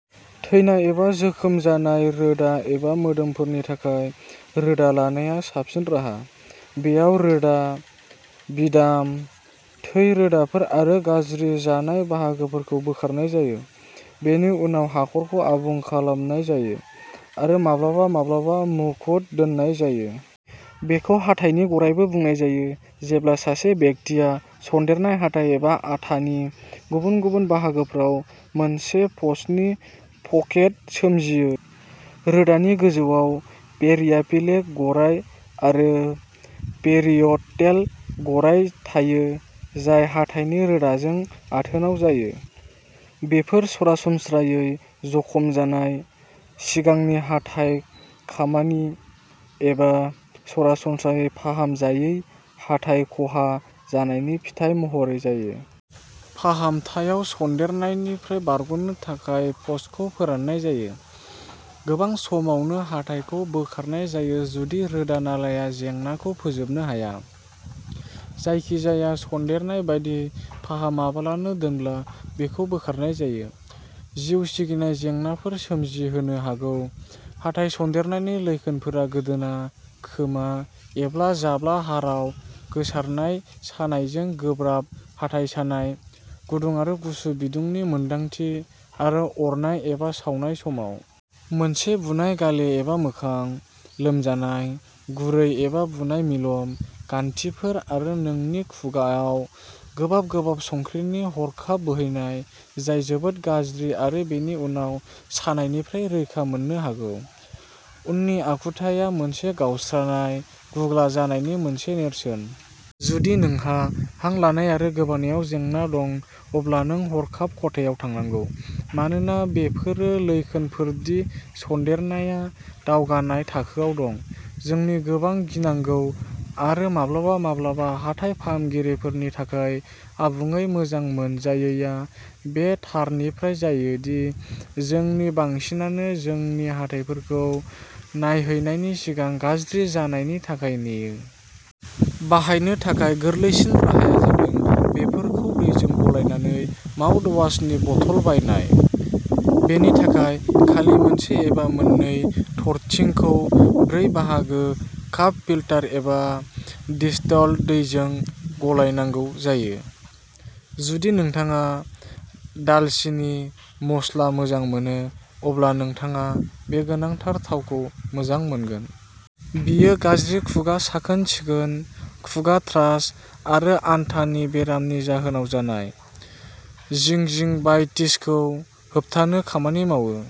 थैनाय एबा जोखोम जानाय रोदा एबा मोदोमफोरनि थाखाय, रोदा नालाया साबसिन राहा। बेयाव रोदा, बिदाम, थै रोदाफोर आरो गाज्रि जानाय बाहागोफोरखौ बोखारनाय जायो। बेनि उनाव हाखरखौ आबुं खालामनाय जायो आरो माब्लाबा-माब्लाबा मुकुट दोननाय जायो। बेखौ हाथाइनि गारायबो बुंनाय जायो, जेब्ला मोनसे बेक्टेरिया सन्देरनाया हाथाइ एबा आथानि गुबुन-गुबुन बाहागोफोराव मोनसे पसनि पकेट सोमजिहोयो। रोदानि गोजौआव पेरियापिकेल गाराय आरो पेरिय'डन्टेल गाराय थायो जाय हाथाइनि रोदाजों आथोनाव जायो। बेफोर सरासनस्रायै जखम जानाय, सिगांनि हाथाइ खामानि, एबा सरासनस्रायै फाहामजायै हाथाइ ख'हा जानायनि फिथाय महरै जायो। फाहामथायाव सन्देरनायनिफ्राय बारग'नो थाखाय पसखौ फोराननाय जायो। गोबां समावनो हाथाइखौ बोखारनाय जायो जुदि रोदा नालाया जेंनाखौ फोजोबनो हाया। जायखिजाया सन्देरनाय बायदि, फाहामालाबानो दोनब्ला, बेखौ बोखारनाय जायो। जिउ सिगिनाय जेंनाफोर सोमजिहोनो हागौ। हाथाइ सन्देरनायनि लैखोनफोरा गोदोना, खोमा एबा जाब्ला हाराआव गोसारनाय सानायजों गोब्राब हाथाइ सानाय, गुदुं आरो गुसु बिदुंनि मोनदांथि आरो अरनाय एबा सावनाय समाव। मोनसे बुनाय गाले एबा मोखां, लोमजानाय, गुरै एबा बुनाय लिम्फ गान्थिफोर आरो नोंनि खुगाआव गोबाब गोबाब संख्रिनि हरखाब बोहैनाय जाय जोबोद गाज्रि आरो बेनि उनाव सानायनिफ्राय रैखा मोननो हागौ। उननि आखुथाया मोनसे गावस्रानाय गुग्ला जानायनि मोनसे नेरसोन। जुदि नोंहा हां लानाय आरो गोबानायाव जेंना दं, अब्ला नों हरखाब खथायाव थांनांगौ मानोना बेफोरो लैखोनफोर दि सन्देरनाया दावगानाय थाखोआव दं। जोंनि गोबां गिनांगौ आरो माब्लाबा-माब्लाबा हाथाइ फाहामगिरिफोरनि थाखाय आबुङै मोजां मोनजायैआ बे थारनिफ्राय जायो दि जोंनि बांसिनानो जोंनि हाथाइफोरखौ नायहैनायनि सिगां गाज्रि जानायनि थाखाय नेयो। बाहायनो थाखाय गोरलैसिन राहाया जादों बेफोरखौ दैजों गलायनानै माउथवाशनि बथल बानायनाय। बेनि थाखाय खालि मोनसे एबा मोननै थरथिंखौ ब्रै बाहागो काप फिल्टार एबा डिस्टिल्ड दैजों गलायनांगौ जायो। जुदि नोंथाङा दालसिनि मस्ला मोजां मोनो, अब्ला नोंथाङा बे गोनांथार थावखौ मोजां मोनगोन। बेयो गाज्रि खुगा साखोन-सिखोन, खुगा थ्रास आरो आन्थानि बेरामनि जाहोनाव जानाय जिंजिभाइटिसखौ होबथानो खामानि मावो।